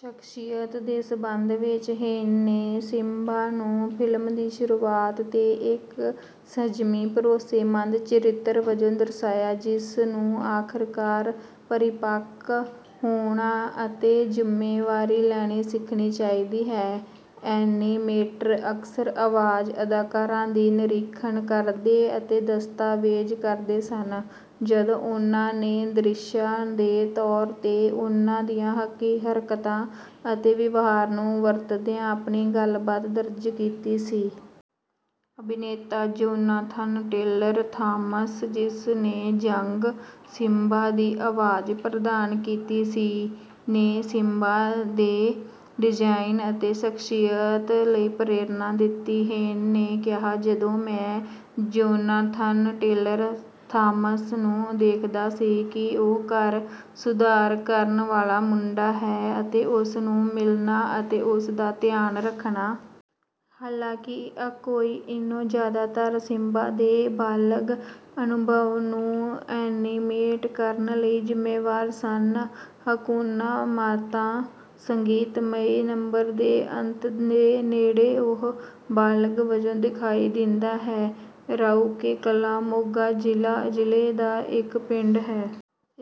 ਸ਼ਖਸੀਅਤ ਦੇ ਸੰਬੰਧ ਵਿੱਚ ਹੇਨ ਨੇ ਸਿਮਬਾ ਨੂੰ ਫਿਲਮ ਦੀ ਸ਼ੁਰੂਆਤ ਤੇ ਇੱਕ ਸੰਜਮੀ ਭਰੋਸੇਮੰਦ ਚਰਿੱਤਰ ਵਜੋਂ ਦਰਸਾਇਆ ਜਿਸ ਨੂੰ ਆਖਰਕਾਰ ਪਰਿਪੱਕ ਹੋਣਾ ਅਤੇ ਜ਼ਿੰਮੇਵਾਰੀ ਲੈਣੀ ਸਿੱਖਣੀ ਚਾਹੀਦੀ ਹੈ। ਐਨੀਮੇਟਰ ਅਕਸਰ ਆਵਾਜ਼ ਅਦਾਕਾਰਾਂ ਦੀ ਨਿਰੀਖਣ ਕਰਦੇ ਅਤੇ ਦਸਤਾਵੇਜ਼ ਕਰਦੇ ਸਨ ਜਦੋਂ ਉਨ੍ਹਾਂ ਨੇ ਦ੍ਰਿਸ਼ਾਂ ਦੇ ਤੌਰ ਤੇ ਉਨ੍ਹਾਂ ਦੀਆਂ ਹਰਕਤਾਂ ਅਤੇ ਵਿਵਹਾਰ ਨੂੰ ਵਰਤਦਿਆਂ ਆਪਣੀ ਗੱਲਬਾਤ ਦਰਜ ਕੀਤੀ ਸੀ। ਅਭਿਨੇਤਾ ਜੋਨਾਥਨ ਟੇਲਰ ਥਾਮਸ ਜਿਸ ਨੇ ਯੰਗ ਸਿਮਬਾ ਦੀ ਆਵਾਜ਼ ਪ੍ਰਦਾਨ ਕੀਤੀ ਸੀ ਨੇ ਸਿਮਬਾ ਦੇ ਡਿਜ਼ਾਇਨ ਅਤੇ ਸ਼ਖਸੀਅਤ ਲਈ ਪ੍ਰੇਰਨਾ ਦਿੱਤੀ। ਹੇਨ ਨੇ ਕਿਹਾ ਜਦੋਂ ਮੈਂ ਜੋਨਾਥਨ ਟੇਲਰ ਥਾਮਸ ਨੂੰ ਦੇਖਦਾ ਸੀ ਕਿ ਉਹ ਘਰ ਸੁਧਾਰ ਕਰਨ ਵਾਲਾ ਮੁੰਡਾ ਹੈ ਅਤੇ ਉਸ ਨੂੰ ਮਿਲਣਾ ਅਤੇ ਉਸ ਦਾ ਧਿਆਨ ਰੱਖਣਾ ਹੈ। ਹਾਲਾਂਕਿ ਅਕੁਇਨੋ ਜ਼ਿਆਦਾਤਰ ਸਿਮਬਾ ਦੇ ਬਾਲਗ ਅਨੁਭਵਾਂ ਨੂੰ ਐਨੀਮੇਟ ਕਰਨ ਲਈ ਜ਼ਿੰਮੇਵਾਰ ਸਨ ਹਕੁਨਾ ਮਤਾਤਾ ਸੰਗੀਤਮਈ ਨੰਬਰ ਦੇ ਅੰਤ ਦੇ ਨੇੜੇ ਉਹ ਬਾਲਗ ਵਜੋਂ ਦਿਖਾਈ ਦਿੰਦਾ ਹੈ। ਰਾਊਕੇ ਕਲਾਂ ਮੋਗਾ ਜ਼ਿਲ੍ਹੇ ਦਾ ਇੱਕ ਪਿੰਡ ਹੈ।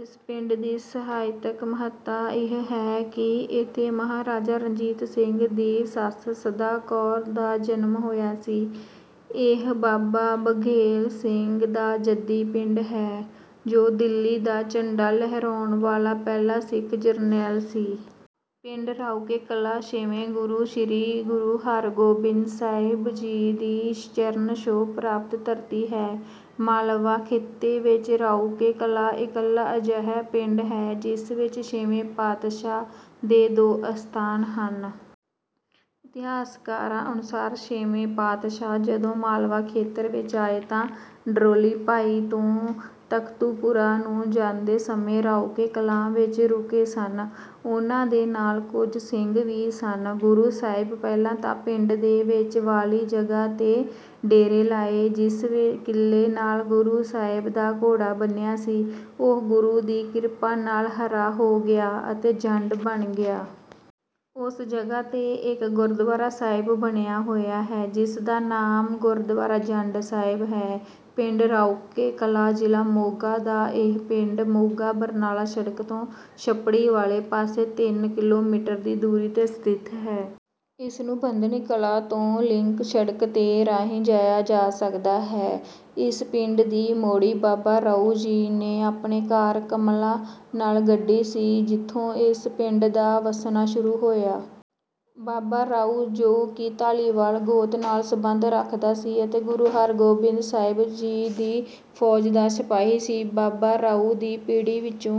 ਇਸ ਪਿੰਡ ਦੀ ਇਤਿਹਾਸਕ ਮਹੱਤਤਾ ਇਹ ਹੈ ਕਿ ਇੱਥੇ ਮਹਾਰਾਜਾ ਰਣਜੀਤ ਸਿੰਘ ਦੀ ਸੱਸ ਸਦਾ ਕੌਰ ਦਾ ਜਨਮ ਹੋਇਆ ਸੀ। ਇਹ ਬਾਬਾ ਬਘੇਲ ਸਿੰਘ ਦਾ ਜੱਦੀ ਪਿੰਡ ਹੈ ਜੋ ਦਿੱਲੀ ਦਾ ਝੰਡਾ ਲਹਿਰਾਉਣ ਵਾਲਾ ਪਹਿਲਾ ਸਿੱਖ ਜਰਨੈਲ ਸੀ। ਪਿੰਡ ਰਾਊਕੇ ਕਲਾਂ ਛੇਵੇਂ ਗੁਰੂ ਸ੍ਰੀ ਗੁਰੂ ਹਰਿਗੋਬਿੰਦ ਸਾਹਿਬ ਜੀ ਦੀ ਚਰਨ ਛੋਹ ਪ੍ਰਾਪਤ ਧਰਤੀ ਹੈ। ਮਾਲਵਾ ਖਿੱਤੇ ਵਿੱਚ ਰਾਊਕੇ ਕਲਾਂ ਇਕੱਲਾ ਅਜਿਹਾ ਪਿੰਡ ਹੈ ਜਿਸ ਵਿੱਚ ਛੇਵੇਂ ਪਾਤਸ਼ਾਹ ਦੇ ਦੋ ਅਸਥਾਨ ਹਨ। ਇਤਿਹਾਸਕਾਰਾਂ ਅਨੁਸਾਰ ਛੇਵੇਂ ਪਾਤਸ਼ਾਹ ਜਦੋਂ ਮਾਲਵਾ ਖੇਤਰ ਵਿੱਚ ਆਏ ਤਾਂ ਡਰੋਲੀ ਭਾਈ ਤੋਂ ਤਖਤੂਪੁਰਾ ਨੂੰ ਜਾਂਦੇ ਸਮੇਂ ਰਾਊਕੇ ਕਲਾਂ ਵਿੱਚ ਰੁਕੇ ਸਨ। ਉਨ੍ਹਾਂ ਦੇ ਨਾਲ ਕੁਝ ਸਿੰਘ ਵੀ ਸਨ। ਗੁਰੂ ਸਾਹਿਬ ਪਹਿਲਾਂ ਤਾਂ ਪਿੰਡ ਦੇ ਵਿੱਚ ਵਾਲੀ ਜਗ੍ਹਾ ਤੇ ਡੇਰੇ ਲਾਏ ਜਿਸ ਕਿੱਲੇ ਨਾਲ ਗੁਰੂ ਸਾਹਿਬ ਦਾ ਘੋੜਾ ਬੰਨਿਆ ਸੀ ਉਹ ਗੁਰੂ ਦੀ ਕਿਰਪਾ ਨਾਲ ਹਰਾ ਹੋ ਗਿਆ ਅਤੇ ਜੰਡ ਬਣ ਗਿਆ। ਉਸ ਜਗ੍ਹਾ ਤੇ ਇੱਕ ਗੁਰਦੁਆਰਾ ਸਾਹਿਬ ਬਣਿਆ ਹੋਇਆ ਹੈ ਜਿਸ ਦਾ ਨਾਮ ਗੁਰਦੁਆਰਾ ਜੰਡ ਸਾਹਿਬ ਹੈ। ਪਿੰਡ ਰਾਊਕੇ ਕਲਾਂ ਜ਼ਿਲ੍ਹਾ ਮੋਗਾ ਦਾ ਇਹ ਪਿੰਡ ਮੋਗਾ ਬਰਨਾਲਾ ਸੜਕ ਤੋਂ ਛੱਪੜੀ ਵਾਲੇ ਪਾਸੇ ਤਿੰਨ ਕਿਲੋਮੀਟਰ ਦੀ ਦੂਰੀ ਤੇ ਸਥਿਤ ਹੈ। ਇਸ ਨੂੰ ਬੱਧਨੀ ਕਲਾਂ ਤੋਂ ਲਿੰਕ ਸੜਕ ਦੇ ਰਾਹੀਂ ਜਾਇਆ ਜਾ ਸਕਦਾ ਹੈ। ਇਸ ਪਿੰਡ ਦੀ ਮੋੜੀ ਬਾਬਾ ਰਾਊ ਜੀ ਨੇ ਆਪਣੇ ਕਰ ਕਮਲਾਂ ਨਾਲ ਗੱਡੀ ਸੀ ਜਿੱਥੋਂ ਇਸ ਪਿੰਡ ਦਾ ਵੱਸਣਾ ਸ਼ੁਰੂ ਹੋਇਆ। ਬਾਬਾ ਰਾਊ ਜੋ ਕਿ ਧਾਲੀਵਾਲ ਗੋਤ ਨਾਲ ਸਬੰਧ ਰੱਖਦਾ ਸੀ ਅਤੇ ਗੁਰੂ ਹਰਿਗੋਬਿੰਦ ਸਾਹਿਬ ਜੀ ਦੀ ਫੌਜ ਦਾ ਸਿਪਾਹੀ ਸੀ। ਬਾਬਾ ਰਾਊ ਦੀ ਪੀੜ੍ਹੀ ਵਿੱਚੋਂ